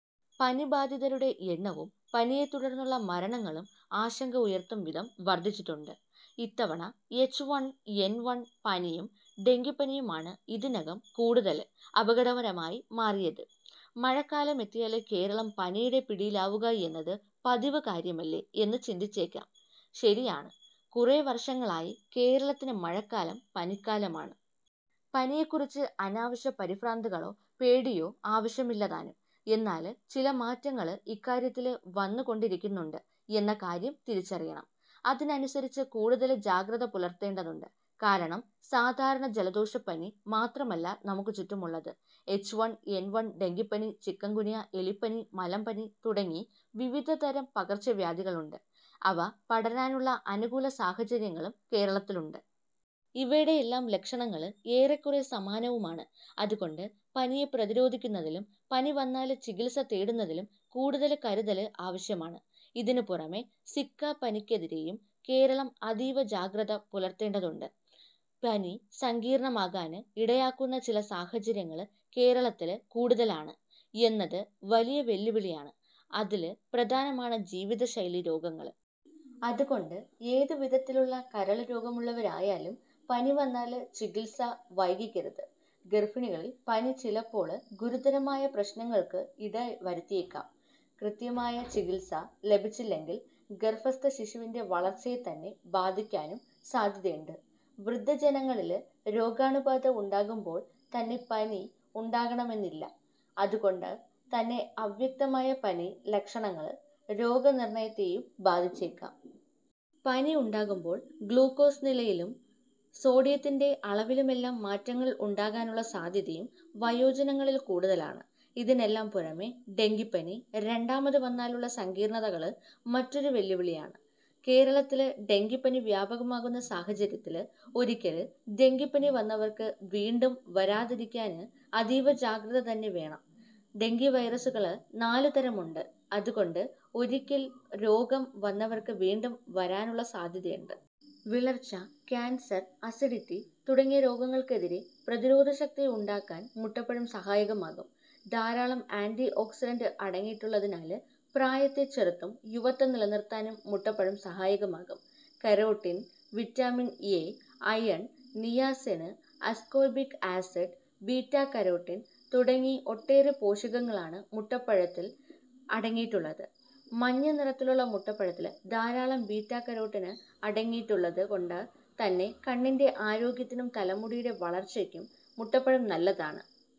പനി ബാധിതരുടെ എണ്ണവും പനിയെ തുടർന്നുള്ള മരണങ്ങളും ആശങ്ക ഉയർത്തും വിധം വർധിച്ചിട്ടുണ്ട്. ഇത്തവണ എച്ച് വൺ എൻ വൺ പനിയും ഡെങ്കിപ്പനിയുമാണ് ഇതിനകം കൂടുതൽ അപകടകരമായി മാറിയത്. മഴക്കാലമെത്തിയാൽ കേരളം പനിയുടെ പിടിയിലാവുക എന്നത് പതിവ് കാര്യമല്ലേ എന്ന് ചിന്തിച്ചേക്കാം. ശരിയാണ്, കുറേ വർഷങ്ങളായി കേരളത്തിന് മഴക്കാലം പനിക്കാലമാണ്. പനിയെക്കുറിച്ച് അനാവശ്യ പരിഭ്രാന്തികളോ പേടിയോ ആവശ്യമില്ല താനും. എന്നാല് ചില മാറ്റങ്ങള് ഇക്കാര്യത്തില് വന്നുകൊണ്ടിരിക്കുന്നുണ്ട് എന്ന കാര്യം തിരിച്ചറിയണം. അതിനനുസരിച്ച് കൂടുതല് ജാഗ്രത പുലർത്തേണ്ടതുണ്ട്. കാരണം സാധാരണ ജലദോഷപ്പനി മാത്രമല്ല നമുക്ക് ചുറ്റുമുള്ളത്. എച്ച് വൺ എൻ വൺ, ഡെങ്കിപ്പനി, ചിക്കൻഗുനിയ എലിപ്പനി, മലമ്പനി തുടങ്ങി വിവധതരം പകർച്ചവ്യാധികളുണ്ട്. അവ പടരാനുള്ള അനുകൂല സാഹചര്യങ്ങളും കേരളത്തിലുണ്ട്. ഇവയുടെയെല്ലാം ലക്ഷണങ്ങള് എറെക്കുറേ സമാനവുമാണ്. അതുകൊണ്ട് പനിയെ പ്രതിരോധിക്കുന്നതിലും പനിവന്നാല് ചികിത്സ തേടുന്നതിലും കൂടുതല് കരുതല് ആവശ്യമാണ്. ഇതിന് പുറമേ സിക്ക പനിക്കെതിരെയും കേരളം അതിവ ജാഗ്രത പുലർത്തേണ്ടതുണ്ട്. പനി സങ്കീർണമാകാന് ഇടയാക്കുന്ന ചില സഹാചര്യങ്ങള് കേരളത്തില് കൂടുതലാണ് എന്നത് വലിയ വെല്ലുവിളിയാണ്. അതില് പ്രധാനമാണ് ജീവിതശൈലി രോഗങ്ങള്. അതുകൊണ്ട് എത് വിധത്തിലുള്ള കരള് രോഗമുള്ളവരായാലും പനിവന്നാല് ചികിത്സ വൈകിക്കരുത്. ഗര്ഭിണികളില് പനി ചിലപ്പോള് ഗുരുതരമായ പ്രശ്നങ്ങള്ക്ക് ഇടവരുത്തിയേക്കാം. കൃത്യമായ ചികിത്സ ലഭിച്ചില്ലെങ്കില് ഗർഭസ്ഥ ശിശുവിന്റെ വളർച്ചയെതന്നെ ബാധിക്കാനും സാധ്യതയുണ്ട്. വൃദ്ധജനങ്ങളില് രോഗാണുബാധ ഉണ്ടാകുമ്പോള് തന്നെ പനി ഉണ്ടാകണമെന്നില്ല. അതുകൊണ്ട് തന്നെ അവ്യക്തമായ പനി ലക്ഷണങ്ങള് രോഗനിർണയത്തെയും ബാധിച്ചേക്കാം. പനി ഉണ്ടാകുമ്പോള് ഗ്ലൂക്കോസ് നിലയിലും സോഡിയത്തിന്റെ അളവിലുമെല്ലാം മാറ്റങ്ങള് ഉണ്ടാകാനുള്ള സാധ്യതയും വയോജനങ്ങളില് കൂടുതലാണ്. ഇതിനെല്ലാം പുറമേ, ഡെങ്കിപ്പനി രണ്ടാമത് വന്നാലുള്ള സങ്കീർണതകള് മറ്റൊരു വെല്ലുവിളിയാണ്. കേരളത്തില് ഡെങ്കിപ്പനി വ്യാപകമാകുന്ന സഹാചര്യത്തില് ഒരിക്കല് ഡെങ്കിപ്പനി വന്നവർക്ക് വീണ്ടും വരാതിരിക്കാന് അതീവ ജാഗ്രതതന്നെ വേണം. ഡെങ്കിവൈറസുകള് നാലുതരമുണ്ട്. അതുകൊണ്ട് ഒരിക്കൽ രോഗം വന്നവർക്കും വീണ്ടും വരാനുള്ള സാധ്യതയുമുണ്ട്. വിളർച്ച, കാൻസർ, അസിഡിറ്റി തുടങ്ങിയ രോഗങ്ങൾക്കെതിരെ പ്രതിരോധശക്തി ഉണ്ടാകാൻ മുട്ടപ്പഴം സഹായകമാകും. ധാരാളം ആന്റിഓക്സിഡന്റ് അടങ്ങിയിട്ടുളളതിനാൽ പ്രായത്തെ ചെറുത്ത് യുവത്വം നിലനിർത്താനും മുട്ടപ്പഴം സഹായകമാകും. Carotene, vitamin A, iron, niacin, ascorbic acid, beta carotene തുടങ്ങി ഒട്ടേറെ പോഷകങ്ങളാണ് മുട്ടപ്പഴത്തില് അടങ്ങിയിട്ടുളളത്. മഞ്ഞ നിറത്തിലുളള മുട്ടപ്പഴത്തിൽ ധാരാളം ബീറ്റാകരോട്ടിന് അടങ്ങിയിട്ടുളളത് കൊണ്ട് തന്നെ കണ്ണിന്റെ ആരോഗ്യത്തിനും തലമുടിയുടെ വളർച്ചയ്ക്കും മുട്ടപ്പഴം നല്ലതാണ്.